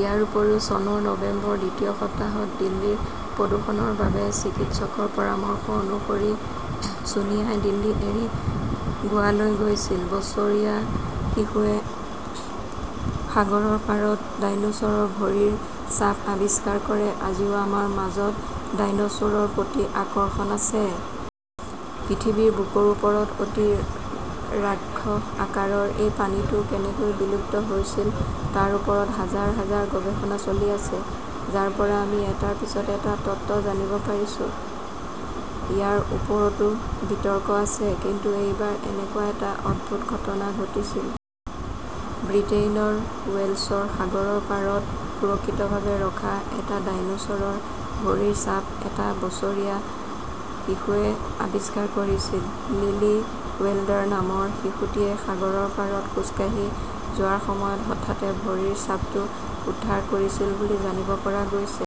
ইয়াৰ উপৰিও, চনৰ নৱেম্বৰৰ দ্বিতীয় সপ্তাহত দিল্লীৰ প্ৰদূষণৰ বাবে চিকিৎসকৰ পৰামৰ্শ অনুসৰি ছোনিয়াই দিল্লী এৰি গোৱালৈ গৈছিল। বছৰীয়া শিশুৱে সাগৰৰ পাৰত ডাইনোছৰৰ ভৰিৰ ছাপ আৱিষ্কাৰ কৰে আজিও আমাৰ মাজত ডাইনোছৰৰ প্ৰতি আকৰ্ষণ আছে। পৃথিৱীৰ বুকুৰ ওপৰত অতি ৰাক্ষস আকাৰৰ এই প্ৰাণীটো কেনেকৈ বিলুপ্ত হৈছিল তাৰ ওপৰত হাজাৰ হাজাৰ গৱেষণা চলি আছে। যাৰ পৰা আমি এটাৰ পিছত এটা তত্ত্ব জানিব পাৰিলো। ইয়াৰ ওপৰতো বিতৰ্ক আছে। কিন্তু এইবাৰ এনেকুৱা এটা অদ্ভুত ঘটনা ঘটিছিল। ব্ৰিটেইনৰ ৱেলছৰ সাগৰৰ পাৰত সুৰক্ষিতভাৱে ৰখা এটা ডাইনোছৰৰ ভৰিৰ ছাপ এটা বছৰীয়া শিশুৱে আৱিষ্কাৰ কৰিছিল। লিলি ৱেল্ডাৰ নামৰ শিশুটিৱে সাগৰৰ পাৰত খোজ কাঢ়ি যোৱাৰ সময়ত হঠাতে ভৰিৰ ছাপটো উদ্ধাৰ কৰিছিল বুলি জানিব পৰা গৈছে।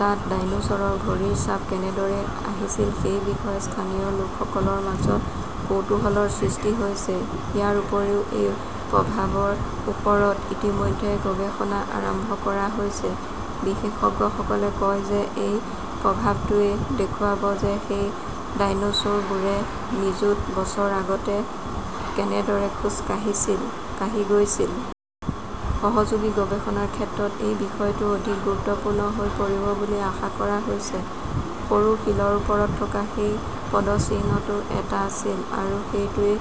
তাত ডাইনোছৰৰ ভৰিৰ ছাপ কেনেদৰে আহিছিল সেই বিষয়ে স্থানীয় লোকসকলৰ মাজত কৌতূহলৰ সৃষ্টি হৈছে। ইয়াৰ উপৰিও, এই প্ৰভাৱৰ ওপৰত ইতিমধ্যে গৱেষণা আৰম্ভ কৰা হৈছে। বিশেষজ্ঞসকলে কয় যে এই প্ৰভাৱটোৱে দেখুৱাব যে সেই ডাইনোছৰবোৰে নিযুত বছৰ আগতে কেনেদৰে খোজ কাঢ়ি গৈছিল। সহযোগী গৱেষণাৰ ক্ষেত্ৰত এই বিষয়টো অধিক গুৰুত্বপূৰ্ণ হৈ পৰিব বুলি আশা কৰা হৈছে। সৰু শিলৰ ওপৰত থকা সেই পদচিহ্নটো এটা আছিল। আৰু সেইটোৱেই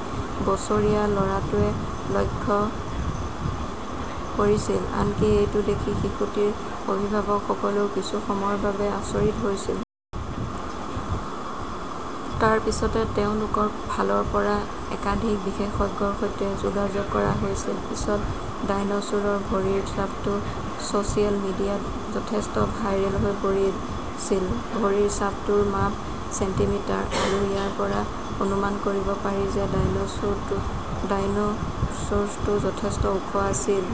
বছৰীয়া ল "ৰাটোৱে লক্ষ্য কৰিছিল। আনকি এইটো দেখি শিশুটিৰ অভিভাৱকসকলেও কিছু সময়ৰ বাবে আচৰিত হৈছিল। তাৰ পিছতে তেওঁলোকৰ ফালৰ পৰা একাধিক বিশেষজ্ঞৰ সৈতে যোগাযোগ কৰা হৈছিল। পিছত ডাইনোছৰৰ ভৰিৰ ছাপটো ছ "চিয়েল মিডিয়াত যথেষ্ট ভাইৰেল হৈ পৰিছিল। ভৰিৰ ছাপটোৰ মাপ চেণ্টিমিটাৰ। আৰু ইয়াৰ পৰা অনুমান কৰিব পাৰি যে ডাইনোছৰটো যথেষ্ট ওখ আছিল।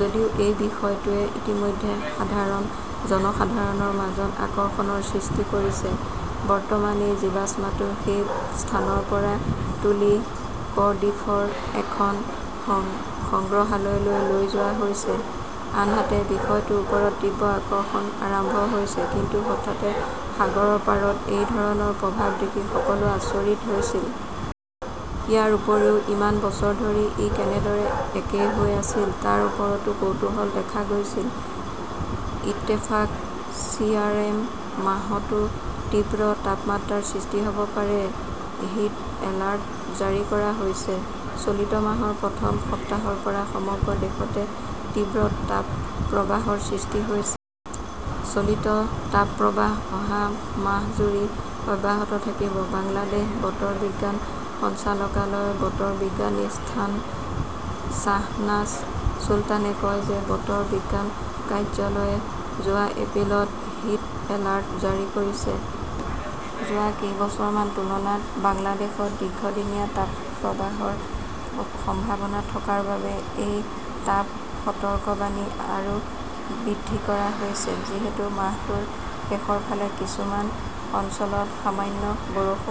যদিও এই বিষয়টোৱে ইতিমধ্যে সাধাৰণ জনসাধাৰণৰ মাজত আকৰ্ষণৰ সৃষ্টি কৰিছে। বৰ্তমান এই জীৱাশ্মটো সেই স্থানৰ পৰা তুলি কৰ্ডিফৰ এখন সংগ্ৰহালয়লৈ লৈ যোৱা হৈছে। আনহাতে, বিষয়টোৰ ওপৰত তীব্ৰ আকৰ্ষণ আৰম্ভ হৈছে। কিন্তু হঠাতে সাগৰৰ পাৰত এই ধৰণৰ প্ৰভাৱ দেখি সকলোৱে আচৰিত হৈছিল। ইয়াৰ উপৰিও, ইমান বছৰ ধৰি ই কেনেদৰে একেই হৈ আছিল তাৰ ওপৰতো কৌতূহল দেখা গৈছিল। ইত্তেফাক/টিআৰ মে "মাহতো তীব্ৰ তাপমাত্ৰাৰ সৃষ্টি হ" ব পাৰে, হিট এলাৰ্ট জাৰি কৰা হৈছে চলিত মাহৰ প্ৰথম সপ্তাহৰ পৰা সমগ্ৰ দেশতে তীব্ৰ তাপপ্ৰবাহৰ সৃষ্টি হৈছে। চলিত তাপপ্ৰবাহ অহা মাহজুৰি অব্যাহত থাকিব। বাংলাদেশ বতৰ বিজ্ঞান সঞ্চালকালয়ৰ বতৰ বিজ্ঞানী শ্বাহনাজ চুলতানে কয় যে বতৰ বিজ্ঞান কাৰ্যালয়ে যোৱা এপ্ৰিলত হিট এলাৰ্ট জাৰি কৰিছিল। যোৱা কেইবছৰমানৰ তুলনাত বাংলাদেশত দীৰ্ঘদিনীয়া তাপপ্ৰবাহৰ সম্ভাৱনা থকাৰ বাবে এই তাপ সতৰ্কবাণী আৰু বৃদ্ধি কৰা হৈছে। যিহেতু মাহটোৰ শেষৰ ফালে কিছুমান অঞ্চলত সামান্য বৰষুণ